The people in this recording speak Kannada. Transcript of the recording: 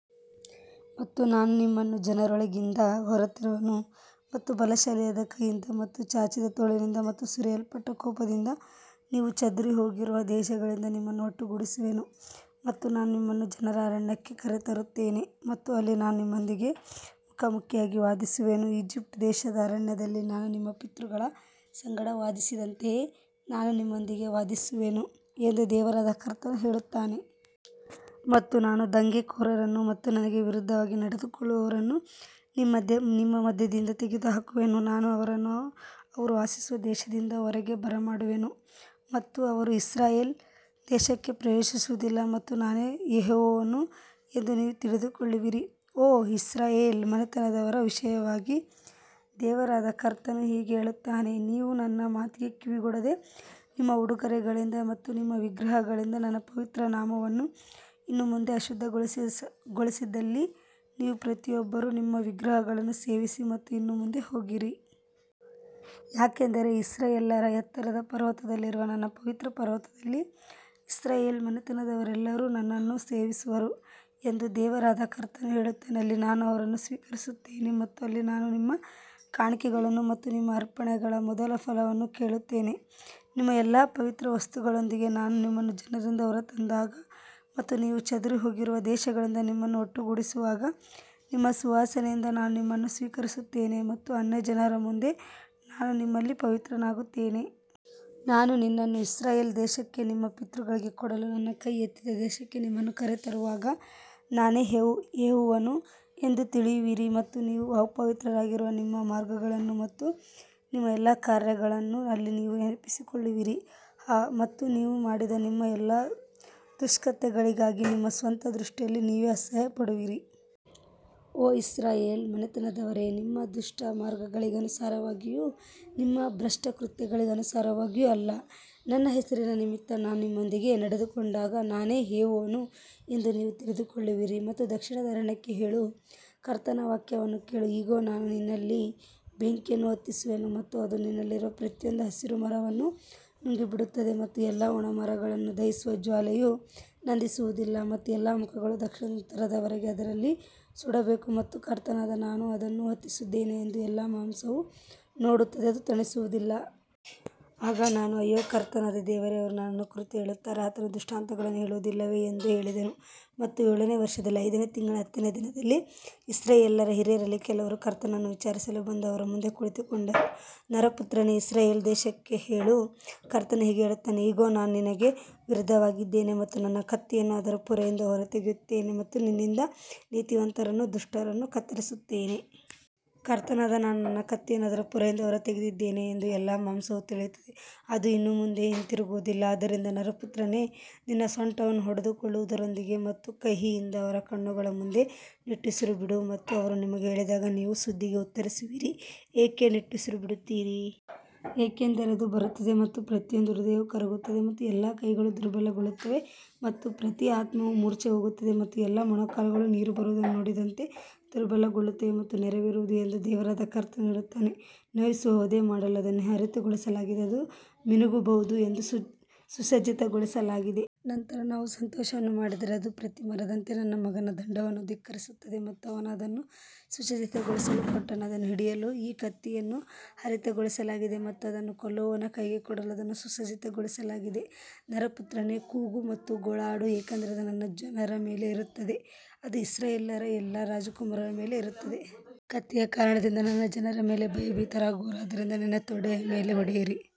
ಮತ್ತು ನಾನು ನಿಮ್ಮನ್ನು ಜನರೊಳಗಿಂದ ಹೊರತರುವೆನು ಮತ್ತು ಬಲಶಾಲಿಯಾದ ಕೈಯಿಂದ ಮತ್ತು ಚಾಚಿದ ತೋಳಿನಿಂದ ಮತ್ತು ಸುರಿಯಲ್ಪಟ್ಟ ಕೋಪದಿಂದ ನೀವು ಚದುರಿಹೋಗಿರುವ ದೇಶಗಳಿಂದ ನಿಮ್ಮನ್ನು ಒಟ್ಟುಗೂಡಿಸುವೆನು. ಮತ್ತು ನಾನು ನಿಮ್ಮನ್ನು ಜನರ ಅರಣ್ಯಕ್ಕೆ ಕರೆತರುತ್ತೇನೆ ಮತ್ತು ಅಲ್ಲಿ ನಾನು ನಿಮ್ಮೊಂದಿಗೆ ಮುಖಾಮುಖಿಯಾಗಿ ವಾದಿಸುವೆನು ಈಜಿಪ್ಟ್ ದೇಶದ ಅರಣ್ಯದಲ್ಲಿ ನಾನು ನಿಮ್ಮ ಪಿತೃಗಳ ಸಂಗಡ ವಾದಿಸಿದಂತೆಯೇ ನಾನು ನಿಮ್ಮೊಂದಿಗೆ ವಾದಿಸುವೆನು ಎಂದು ದೇವರಾದ ಕರ್ತನು ಹೇಳುತ್ತಾನೆ. ಮತ್ತು ನಾನು ದಂಗೆಕೋರರನ್ನು ಮತ್ತು ನನಗೆ ವಿರುದ್ಧವಾಗಿ ನಡೆದುಕೊಳ್ಳುವವರನ್ನು ನಿಮ್ಮ ಮಧ್ಯದಿಂದ ತೆಗೆದುಹಾಕುವೆನು, ನಾನು ಅವರನ್ನು ಅವರು ವಾಸಿಸುವ ದೇಶದಿಂದ ಹೊರಗೆ ಬರಮಾಡುವೆನು ಮತ್ತು ಅವರು ಇಸ್ರಾಯೇಲ್ ದೇಶಕ್ಕೆ ಪ್ರವೇಶಿಸುವುದಿಲ್ಲ ಮತ್ತು ನಾನೇ ಯೆಹೋವನು ಎಂದು ನೀವು ತಿಳಿದುಕೊಳ್ಳುವಿರಿ. ಓ ಇಸ್ರಾಯೇಲ್ ಮನೆತನದವರ ವಿಷಯವಾಗಿ, ದೇವರಾದ ಕರ್ತನು ಹೀಗೆ ಹೇಳುತ್ತಾನೆ, ನೀವು ನನ್ನ ಮಾತಿಗೆ ಕಿವಿಗೊಡದೆ ನಿಮ್ಮ ಉಡುಗೊರೆಗಳಿಂದ ಮತ್ತು ನಿಮ್ಮ ವಿಗ್ರಹಗಳಿಂದ ನನ್ನ ಪವಿತ್ರ ನಾಮವನ್ನು ಇನ್ನು ಮುಂದೆ ಅಶುದ್ಧಗೊಳಿಸದಿದ್ದಲ್ಲಿ ನೀವು ಪ್ರತಿಯೊಬ್ಬರೂ ನಿಮ್ಮ ವಿಗ್ರಹಗಳನ್ನು ಸೇವಿಸಿ ಮತ್ತು ಇನ್ನು ಮುಂದೆ ಹೋಗಿರಿ. ಯಾಕಂದರೆ ಇಸ್ರಾಯೇಲ್ಯರ ಎತ್ತರದ ಪರ್ವತದಲ್ಲಿರುವ ನನ್ನ ಪವಿತ್ರ ಪರ್ವತದಲ್ಲಿ ಇಸ್ರಾಯೇಲ್ ಮನೆತನದವರೆಲ್ಲರೂ ನನ್ನನ್ನು ಸೇವಿಸುವರು ಎಂದು ದೇವರಾದ ಕರ್ತನು ಹೇಳುತ್ತಾನೆ, ಅಲ್ಲಿ ನಾನು ಅವರನ್ನು ಸ್ವೀಕರಿಸುತ್ತೇನೆ ಮತ್ತು ಅಲ್ಲಿ ನಾನು ನಿಮ್ಮ ಕಾಣಿಕೆಗಳನ್ನು ಮತ್ತು ನಿಮ್ಮ ಅರ್ಪಣೆಗಳ ಮೊದಲ ಫಲವನ್ನು ಕೇಳುತ್ತೇನೆ. ನಿಮ್ಮ ಎಲ್ಲಾ ಪವಿತ್ರ ವಸ್ತುಗಳೊಂದಿಗೆ ನಾನು ನಿಮ್ಮನ್ನು ಜನರಿಂದ ಹೊರತಂದಾಗ ಮತ್ತು ನೀವು ಚದುರಿಹೋಗಿರುವ ದೇಶಗಳಿಂದ ನಿಮ್ಮನ್ನು ಒಟ್ಟುಗೂಡಿಸುವಾಗ ನಿಮ್ಮ ಸುವಾಸನೆಯಿಂದ ನಾನು ನಿಮ್ಮನ್ನು ಸ್ವೀಕರಿಸುತ್ತೇನೆ ಮತ್ತು ಅನ್ಯಜನರ ಮುಂದೆ ನಾನು ನಿಮ್ಮಲ್ಲಿ ಪವಿತ್ರನಾಗುತ್ತೇನೆ. ನಾನು ನಿನ್ನನ್ನು ಇಸ್ರಾಯೇಲ್ ದೇಶಕ್ಕೆ ನಿಮ್ಮ ಪಿತೃಗಳಿಗೆ ಕೊಡಲು ನನ್ನ ಕೈ ಎತ್ತಿದ ದೇಶಕ್ಕೆ ನಿಮ್ಮನ್ನು ಕರೆತರುವಾಗ ನಾನೇ ಯೆಹೋವನು ಎಂದು ತಿಳಿಯುವಿರಿ. ಮತ್ತು ನೀವು ಅಪವಿತ್ರರಾಗಿರುವ ನಿಮ್ಮ ಮಾರ್ಗಗಳನ್ನು ಮತ್ತು ನಿಮ್ಮ ಎಲ್ಲಾ ಕಾರ್ಯಗಳನ್ನು ಅಲ್ಲಿ ನೀವು ನೆನಪಿಸಿಕೊಳ್ಳುವಿರಿ ಮತ್ತು ನೀವು ಮಾಡಿದ ನಿಮ್ಮ ಎಲ್ಲಾ ದುಷ್ಕೃತ್ಯಗಳಿಗಾಗಿ ನಿಮ್ಮ ಸ್ವಂತ ದೃಷ್ಟಿಯಲ್ಲಿ ನೀವೇ ಅಸಹ್ಯಪಡುವಿರಿ. ಓ ಇಸ್ರಾಯೇಲ್ ಮನೆತನದವರೇ, ನಿಮ್ಮ ದುಷ್ಟ ಮಾರ್ಗಗಳಿಗನುಸಾರವಾಗಿಯೂ ನಿಮ್ಮ ಭ್ರಷ್ಟ ಕೃತ್ಯಗಳಿಗನುಸಾರವಾಗಿಯೂ ಅಲ್ಲ, ನನ್ನ ಹೆಸರಿನ ನಿಮಿತ್ತ ನಾನು ನಿಮ್ಮೊಂದಿಗೆ ನಡೆದುಕೊಂಡಾಗ ನಾನೇ ಯೆಹೋವನು ಎಂದು ನೀವು ತಿಳಿದುಕೊಳ್ಳುವಿರಿ. ಮತ್ತು ದಕ್ಷಿಣದ ಅರಣ್ಯಕ್ಕೆ ಹೇಳು, ಕರ್ತನ ವಾಕ್ಯವನ್ನು ಕೇಳು. ಇಗೋ, ನಾನು ನಿನ್ನಲ್ಲಿ ಬೆಂಕಿಯನ್ನು ಹೊತ್ತಿಸುವೆನು ಮತ್ತು ಅದು ನಿನ್ನಲ್ಲಿರುವ ಪ್ರತಿಯೊಂದು ಹಸಿರು ಮರವನ್ನು ನುಂಗಿಬಿಡುತ್ತದೆ ಮತ್ತು ಎಲ್ಲಾ ಒಣ ಮರಗಳನ್ನು ದಹಿಸುವ ಜ್ವಾಲೆಯು ನಂದಿಸುವುದಿಲ್ಲ ಮತ್ತು ಎಲ್ಲಾ ಮುಖಗಳು ದಕ್ಷಿಣದಿಂದ ಉತ್ತರದವರೆಗೆ ಅದರಲ್ಲಿ ಸುಡಬೇಕು ಮತ್ತು ಕರ್ತನಾದ ನಾನು ಅದನ್ನು ಹೊತ್ತಿಸಿದ್ದೇನೆ ಎಂದು ಎಲ್ಲಾ ಮಾಂಸವು ನೋಡುತ್ತದೆ, ಅದು ತಣಿಸುವುದಿಲ್ಲ. ಆಗ ನಾನು ಅಯ್ಯೋ, ಕರ್ತನಾದ ದೇವರೇ, ಅವರು ನನ್ನನ್ನು ಕುರಿತು ಹೇಳುತ್ತಾರೆ, ಆತನು ದೃಷ್ಟಾಂತಗಳನ್ನು ಹೇಳುವುದಿಲ್ಲವೇ ಎಂದು ಹೇಳಿದೆನು. ಮತ್ತು ಏಳನೇ ವರ್ಷದಲ್ಲಿ ಐದನೇ ತಿಂಗಳಿನ ಹತ್ತನೆಯ ದಿನದಲ್ಲಿ ಇಸ್ರಾಯೇಲ್ಯರ ಹಿರಿಯರಲ್ಲಿ ಕೆಲವರು ಕರ್ತನನ್ನು ವಿಚಾರಿಸಲು ಬಂದು ಅವರ ಮುಂದೆ ಕುಳಿತುಕೊಂಡರು. ನರಪುತ್ರನೇ, ಇಸ್ರಾಯೇಲ್ ದೇಶಕ್ಕೆ ಹೇಳು, ಕರ್ತನು ಹೀಗೆ ಹೇಳುತ್ತಾನೆ, ಇಗೋ, ನಾನು ನಿನಗೆ ವಿರುದ್ಧವಾಗಿದ್ದೇನೆ ಮತ್ತು ನನ್ನ ಕತ್ತಿಯನ್ನು ಅದರ ಪೊರೆಯಿಂದ ಹೊರತೆಗೆಯುತ್ತೇನೆ ಮತ್ತು ನಿನ್ನಿಂದ ನೀತಿವಂತರನ್ನೂ ದುಷ್ಟರನ್ನೂ ಕತ್ತರಿಸುತ್ತೇನೆ. ಕರ್ತನಾದ ನಾನು ನನ್ನ ಕತ್ತಿಯನ್ನು ಅದರ ಪೊರೆಯಿಂದ ಹೊರತೆಗೆದಿದ್ದೇನೆ ಎಂದು ಎಲ್ಲಾ ಮಾಂಸವು ತಿಳಿಯುತ್ತದೆ, ಅದು ಇನ್ನು ಮುಂದೆ ಹಿಂತಿರುಗುವುದಿಲ್ಲ. ಆದ್ದರಿಂದ ನರಪುತ್ರನೇ, ನಿನ್ನ ಸೊಂಟವನ್ನು ಹೊಡೆದುಕೊಳ್ಳುವುದರೊಂದಿಗೆ ಮತ್ತು ಕಹಿಯಿಂದ ಅವರ ಕಣ್ಣುಗಳ ಮುಂದೆ ನಿಟ್ಟುಸಿರು ಬಿಡು. ಮತ್ತು ಅವರು ನಿಮಗೆ ಹೇಳಿದಾಗ, ನೀವು ಸುದ್ದಿಗೆ ಉತ್ತರಿಸುವಿರಿ, ಏಕೆ ನಿಟ್ಟುಸಿರುಬಿಡುತ್ತೀರಿ? ಏಕೆಂದರೆ ಅದು ಬರುತ್ತದೆ ಮತ್ತು ಪ್ರತಿಯೊಂದು ಹೃದಯವೂ ಕರಗುತ್ತದೆ ಮತ್ತು ಎಲ್ಲಾ ಕೈಗಳು ದುರ್ಬಲಗೊಳ್ಳುತ್ತವೆ ಮತ್ತು ಪ್ರತಿ ಆತ್ಮವೂ ಮೂರ್ಛೆಹೋಗುತ್ತದೆ ಮತ್ತು ಎಲ್ಲಾ ಮೊಣಕಾಲುಗಳು ನೀರು ಬರುವುದನ್ನು ನೋಡಿದಂತೆ ದುರ್ಬಲಗೊಳ್ಳುತ್ತವೆ ಮತ್ತು ನೆರವೇರುವುದು ಎಂದು ದೇವರಾದ ಕರ್ತನು ಹೇಳುತ್ತಾನೆ. ನೋಯಿಸುವ ವಧೆ ಮಾಡಲು ಅದನ್ನು ಹರಿತಗೊಳಿಸಲಾಗಿದೆ, ಅದು ಮಿನುಗಬಹುದು ಎಂದು ಸುಸಜ್ಜಿತಗೊಳಿಸಲಾಗಿದೆ. ನಂತರ ನಾವು ಸಂತೋಷವನ್ನು ಮಾಡಿದರೆ ಅದು ಪ್ರತಿ ಮರದಂತೆ ನನ್ನ ಮಗನ ದಂಡವನ್ನು ಧಿಕ್ಕರಿಸುತ್ತದೆ ಮತ್ತು ಅವನು ಅದನ್ನು ಸುಸಜ್ಜಿತಗೊಳಿಸಲು ಕೊಟ್ಟನು. ಅದನ್ನು ಹಿಡಿಯಲು ಈ ಕತ್ತಿಯನ್ನು ಹರಿತಗೊಳಿಸಲಾಗಿದೆ ಮತ್ತು ಅದನ್ನು ಕೊಲ್ಲುವವನ ಕೈಗೆ ಕೊಡಲು ಅದನ್ನು ಸುಸಜ್ಜಿತಗೊಳಿಸಲಾಗಿದೆ. ನರಪುತ್ರನೇ, ಕೂಗು ಮತ್ತು ಗೋಳಾಡು, ಏಕೆಂದರೆ ಅದು ನನ್ನ ಜನರ ಮೇಲೆ ಇರುತ್ತದೆ, ಅದು ಇಸ್ರಾಯೇಲ್ಯರ ಎಲ್ಲಾ ರಾಜಕುಮಾರರ ಮೇಲೆ ಇರುತ್ತದೆ. ಕತ್ತಿಯ ಕಾರಣದಿಂದ ನನ್ನ ಜನರ ಮೇಲೆ ಭಯಭೀತರಾಗುವರು, ಆದ್ದರಿಂದ ನಿನ್ನ ತೊಡೆಯ ಮೇಲೆ ಹೊಡೆಯಿರಿ.